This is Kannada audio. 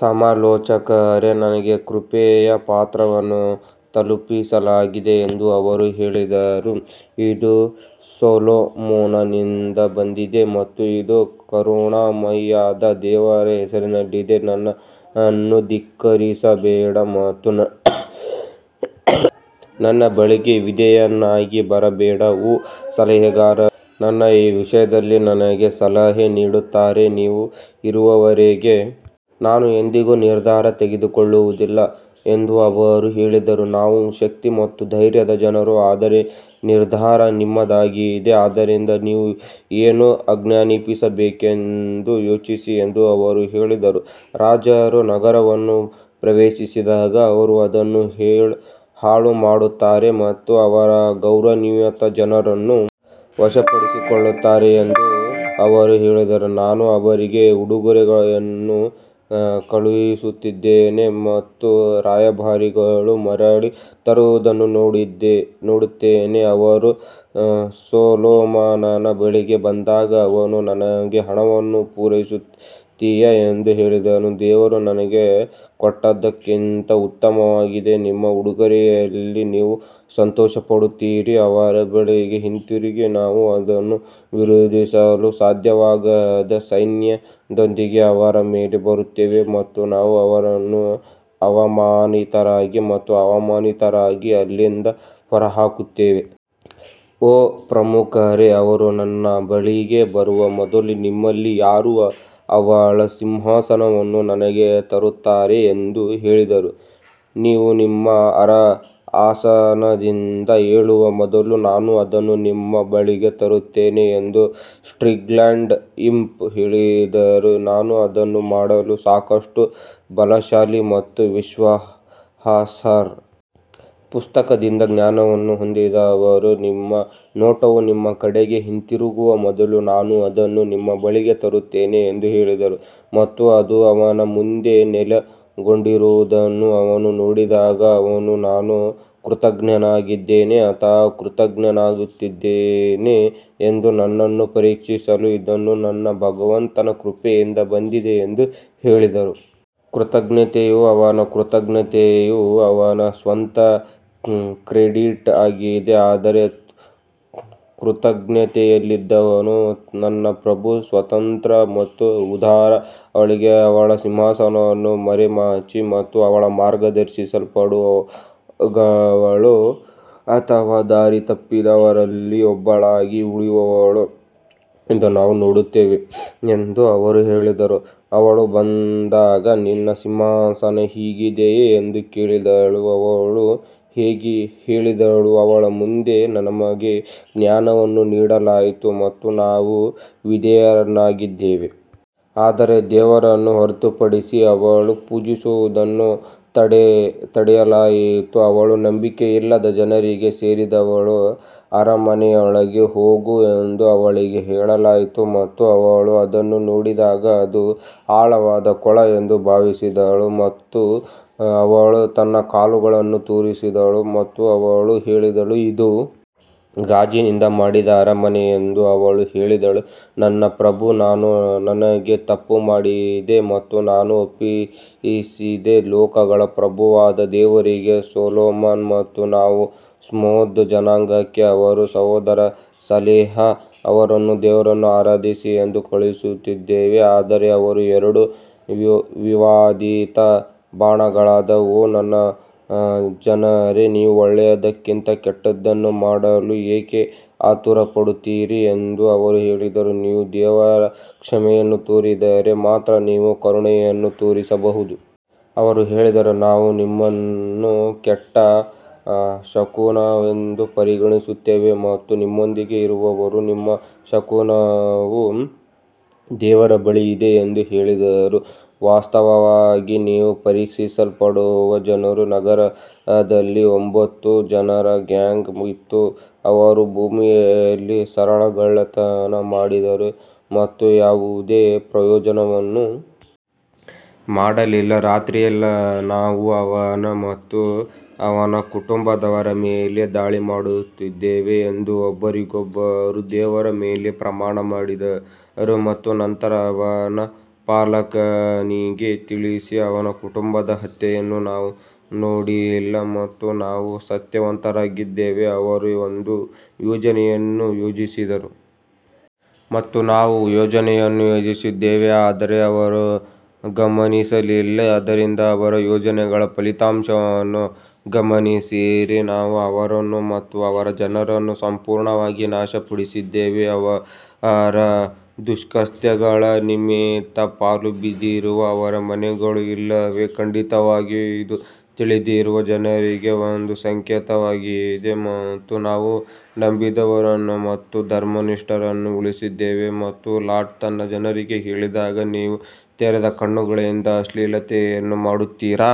ಸಮಾಲೋಚಕರೇ ನನಗೆ ಕೃಪೆಯ ಪತ್ರವನ್ನು ತಲುಪಿಸಲಾಗಿದೆ ಎಂದು ಅವರು ಹೇಳಿದರು ಇದು ಸೊಲೊಮೋನನಿಂದ ಬಂದಿದೆ ಮತ್ತು ಇದು ಕರುಣಾಮಯಿಯಾದ ದೇವರ ಹೆಸರಿನಲ್ಲಿದೆ ನನ್ನನ್ನು ಧಿಕ್ಕರಿಸಬೇಡ ಮತ್ತು ನನ್ನ ಬಳಿಗೆ ವಿಧೇಯನಾಗಿ ಬರಬೇಡ ಓ ಸಲಹೆಗಾರರು ನನ್ನ ಈ ವಿಷಯದಲ್ಲಿ ನನಗೆ ಸಲಹೆ ನೀಡುತ್ತಾರೆ, ನೀವು ಇರುವವರೆಗೆ ನಾನು ಎಂದಿಗೂ ನಿರ್ಧಾರ ತೆಗೆದುಕೊಳ್ಳುವುದಿಲ್ಲ ಎಂದು ಅವರು ಹೇಳಿದರು ನಾವು ಶಕ್ತಿ ಮತ್ತು ಧೈರ್ಯದ ಜನರು ಆದರೆ ನಿರ್ಧಾರ ನಿಮ್ಮದಾಗಿದೆ ಆದ್ದರಿಂದ ನೀವು ಏನು ಆಜ್ಞಾಪಿಸಬೇಕೆಂದು ಯೋಚಿಸಿ ಎಂದು ಅವರು ಹೇಳಿದರು ರಾಜರು ನಗರವನ್ನು ಪ್ರವೇಶಿಸಿದಾಗ ಅವರು ಅದನ್ನು ಹಾಳುಮಾಡುತ್ತಾರೆ ಮತ್ತು ಅದರ ಗೌರವಾನ್ವಿತ ಜನರನ್ನು ವಶಪಡಿಸಿಕೊಳ್ಳುತ್ತಾರೆ ಎಂದು ಅವರು ಹೇಳಿದರು ನಾನು ಅವರಿಗೆ ಉಡುಗೊರೆಯನ್ನು ಕಳುಹಿಸುತ್ತಿದ್ದೇನೆ ಮತ್ತು ರಾಯಭಾರಿಗಳು ಮರಳಿ ತರುವುದನ್ನು ನೋಡುತ್ತೇನೆ ಅವನು ಸೊಲೊಮೋನನ ಬಳಿಗೆ ಬಂದಾಗ ಅವನು ನನಗೆ ಹಣವನ್ನು ಪೂರೈಸುತ್ತೀಯಾ ಎಂದು ಹೇಳಿದನು, ದೇವರು ನನಗೆ ಕೊಟ್ಟದ್ದಕ್ಕಿಂತ ಉತ್ತಮವಾಗಿದೆ, ನಿಮ್ಮ ಉಡುಗೊರೆಯಲ್ಲಿ ನೀವು ಸಂತೋಷಪಡುತ್ತೀರಿ ಅವರ ಬಳಿಗೆ ಹಿಂತಿರುಗಿ ನಾವು ಅವರನ್ನು ವಿರೋಧಿಸಲು ಸಾಧ್ಯವಾಗದ ಸೈನ್ಯದೊಂದಿಗೆ ಅವರ ಮೇಲೆ ಬರುತ್ತೇವೆ ಮತ್ತು ನಾವು ಅವರನ್ನು ಅವಮಾನಿತರಾಗಿ ಮತ್ತು ಅವಮಾನಿತರಾಗಿ ಅಲ್ಲಿಂದ ಹೊರಹಾಕುತ್ತೇವೆ. ಓ ಪ್ರಮುಖರೇ, ಅವರು ನನ್ನ ಬಳಿಗೆ ಬರುವ ಮೊದಲು ನಿಮ್ಮಲ್ಲಿ ಯಾರು ಅವಳ ಸಿಂಹಾಸನವನ್ನು ನನಗೆ ತರುತ್ತಾರೆ ಎಂದು ಹೇಳಿದರು ನೀವು ನಿಮ್ಮ ಆಸನದಿಂದ ಏಳುವ ಮೊದಲು ನಾನು ಅದನ್ನು ನಿಮ್ಮ ಬಳಿಗೆ ತರುತ್ತೇನೆ ಎಂದು ಸ್ಪ್ರಿಟ್ಗಳ ಇಂಪ್ ಹೇಳಿದರು ನಾನು ಅದನ್ನು ಮಾಡಲು ಸಾಕಷ್ಟು ಬಲಶಾಲಿ ಮತ್ತು ವಿಶ್ವಾಸಾರ್ಹ. ಪುಸ್ತಕದಿಂದ ಜ್ಞಾನವನ್ನು ಹೊಂದಿದ್ದ ಅವರು ನಿಮ್ಮ ನೋಟವು ನಿಮ್ಮ ಕಡೆಗೆ ಹಿಂದಿರುಗುವ ಮೊದಲು ನಾನು ಅದನ್ನು ನಿಮ್ಮ ಬಳಿಗೆ ತರುತ್ತೇನೆ ಎಂದು ಹೇಳಿದರು ಮತ್ತು ಅದು ಅವನ ಮುಂದೆ ನೆಲೆಗೊಂಡಿರುವುದನ್ನು ಅವನು ನೋಡಿದಾಗ ಅವನು ನಾನು ಕೃತಜ್ಞನಾಗಿದ್ದೇನೆ ಅಥವಾ ಕೃತಜ್ಞನಾಗಿದ್ದೇನೆ ಎಂದು ನನ್ನನ್ನು ಪರೀಕ್ಷಿಸಲು ಇದು ನನ್ನ ಭಗವಂತನ ಕೃಪೆಯಿಂದ ಬಂದಿದೆ ಎಂದು ಹೇಳಿದರು. ಕೃತಜ್ಞತೆಯು ಅವನ ಕೃತಜ್ಞತೆಯು ಅವನ ಸ್ವಂತ ಕ್ರೆಡಿಟ್ ಆಗಿದೆ ಆದರೆ ಕೃತಜ್ಞತೆಯಿಲ್ಲದವನು ನನ್ನ ಪ್ರಭು ಸ್ವತಂತ್ರ ಮತ್ತು ಉದಾರ ಅವಳಿಗೆ ಅವಳ ಸಿಂಹಾಸನವನ್ನು ಮರೆಮಾಚಿ ಮತ್ತು ಅವಳು ಮಾರ್ಗದರ್ಶಿಸಲ್ಪಡುವಳೋ ಅಥವಾ ದಾರಿತಪ್ಪಿದವರಲ್ಲಿ ಒಬ್ಬಳಾಗಿ ಉಳಿಯುವಳೋ ಎಂದು ನಾವು ನೋಡುತ್ತೇವೆ ಎಂದು ಅವರು ಹೇಳಿದರು. ಅವಳು ಬಂದಾಗ, ನಿನ್ನ ಸಿಂಹಾಸನ ಹೀಗಿದೆಯೇ ಎಂದು ಕೇಳಿದಳು, ಅವಳು ಹೇಳಿದಳು, ಅವಳ ಮುಂದೆ ನಮಗೆ ಜ್ಞಾನವನ್ನು ನೀಡಲಾಯಿತು ಮತ್ತು ನಾವು ವಿಧೇಯರಾಗಿದ್ದೇವೆ. ಆದರೆ ದೇವರನ್ನು ಹೊರತುಪಡಿಸಿ ಅವಳು ಪೂಜಿಸುವುದನ್ನು ತಡೆಯಲಾಯಿತು, ಅವಳು ನಂಬಿಕೆಯಿಲ್ಲದ ಜನರಿಗೆ ಸೇರಿದವಳು ಅರಮನೆಯೊಳಗೆ ಹೋಗು ಎಂದು ಅವಳಿಗೆ ಹೇಳಲಾಯಿತು ಮತ್ತು ಅವಳು ಅದನ್ನು ನೋಡಿದಾಗ ಅದು ಆಳವಾದ ಕೊಳ ಎಂದು ಭಾವಿಸಿದಳು ಮತ್ತು ಅವಳು ತನ್ನ ಕಾಲುಗಳನ್ನು ತೋರಿಸಿದಳು ಮತ್ತು ಅವನು ಹೇಳಿದನು ಇದು ಗಾಜಿನಿಂದ ಮಾಡಿದ ಅರಮನೆ ಎಂದು ಅವಳು ಹೇಳಿದಳು ನನ್ನ ಪ್ರಭು ನಾನು ನನಗೆ ತಪ್ಪು ಮಾಡಿದೆ ಮತ್ತು ನಾನು ಒಪ್ಪಿಸಿದೆ ಲೋಕಗಳ ಪ್ರಭುವಾದ ದೇವರಿಗೆ ಸೊಲೊಮನ್ ಮತ್ತು ನಾವು ಸ್ಮೂದ್ ಜನಾಂಗಕ್ಕೆ ಅವರ ಸಹೋದರ ಸಲೇಹ್ ಅವರನ್ನು ದೇವರನ್ನು ಆರಾಧಿಸಿ ಎಂದು ಕಳುಹಿಸಿದ್ದೇವೆ ಆದರೆ ಅವರು ಎರಡು ವಿವಾದಿತ ಬಣಗಳಾದರು ಓ ನನ್ನ ಜನರೇ ನೀವು ಒಳ್ಳೆಯದಕ್ಕಿಂತ ಕೆಟ್ಟದ್ದನ್ನು ಮಾಡಲು ಏಕೆ ಆತುರಪಡುತ್ತೀರಿ ಎಂದು ಅವರು ಹೇಳಿದರು, ನೀವು ದೇವರ ಕ್ಷಮೆಯನ್ನು ಕೋರಿದರೆ ಮಾತ್ರ ನೀವು ಕರುಣೆಯನ್ನು ತೋರಿಸಬಹುದು. ಅವರು ಹೇಳಿದರು ನಾವು ನಿಮ್ಮನ್ನು ಕೆಟ್ಟ ಶಕುನವೆಂದು ಪರಿಗಣಿಸುತ್ತೇವೆ ಮತ್ತು ನಿಮ್ಮೊಂದಿಗೆ ಇರುವವರು ನಿಮ್ಮ ಶಕುನವು ದೇವರ ಬಳಿ ಇದೆ ಎಂದು ಹೇಳಿದರು ವಾಸ್ತವವಾಗಿ ನೀವು ಪರೀಕ್ಷಿಸಲ್ಪಡುವ ಜನರು ನಗರದಲ್ಲಿ ಒಂಬತ್ತು ಜನರ ಗ್ಯಾಂಗ್ ಇತ್ತು, ಅವರು ಭೂಮಿಯಲ್ಲಿ ಸರಗಳ್ಳತನ ಮಾಡಿದರು ಮತ್ತು ಯಾವುದೇ ಪ್ರಯೋಜನವನ್ನು ಮಾಡಲಿಲ್ಲ ರಾತ್ರಿಯಲ್ಲಿ ನಾವು ಅವನ ಮತ್ತು ಅವನ ಕುಟುಂಬದವರ ಮೇಲೆ ದಾಳಿ ಮಾಡುತ್ತೇವೆ ಎಂದು ಒಬ್ಬರಿಗೊಬ್ಬರು ದೇವರ ಮೇಲೆ ಪ್ರಮಾಣ ಮಾಡಿದರು ಮತ್ತು ನಂತರ ಅವನ ಪಾಲಕನಿಗೆ ತಿಳಿಸಿ ಅವನ ಕುಟುಂಬದ ಹತ್ಯೆಯನ್ನು ನಾವು ನೋಡಿಲ್ಲ ಮತ್ತು ನಾವು ಸತ್ಯವಂತರಾಗಿದ್ದೇವೆ ಅವರು ಒಂದು ಯೋಜನೆಯನ್ನು ಯೋಜಿಸಿದರು ಮತ್ತು ನಾವು ಯೋಜನೆಯನ್ನು ಯೋಜಿಸಿದ್ದೇವೆ ಆದರೆ ಅವರು ಗಮನಿಸಲಿಲ್ಲ ಆದ್ದರಿಂದ ಅವರ ಯೋಜನೆಗಳ ಫಲಿತಾಂಶವನ್ನು ಗಮನಿಸಿ ನಾವು ಅವರನ್ನು ಮತ್ತು ಅವರ ಜನರನ್ನು ಸಂಪೂರ್ಣವಾಗಿ ನಾಶಪಡಿಸಿದ್ದೇವೆ ಅವರ ದುಷ್ಕೃತ್ಯಗಳ ನಿಮಿತ್ತ ಪಾಳುಬಿದ್ದಿರುವ ಅವರ ಮನೆಗಳು ಇಲ್ಲಿವೆ, ಖಂಡಿತವಾಗಿಯೂ ಇದು ತಿಳಿದಿರುವ ಜನರಿಗೆ ಒಂದು ಸಂಕೇತವಾಗಿದೆ ಮತ್ತು ನಾವು ನಂಬಿದವರನ್ನು ಮತ್ತು ಧರ್ಮನಿಷ್ಠರನ್ನು ಉಳಿಸಿದ್ದೇವೆ ಮತ್ತು ಲಾಟ್ ತನ್ನ ಜನರಿಗೆ ಹೇಳಿದಾಗ ನೀವು ತೆರೆದ ಕಣ್ಣುಗಳಿಂದ ಅಶ್ಲೀಲತೆಯನ್ನು ಮಾಡುತ್ತೀರಾ.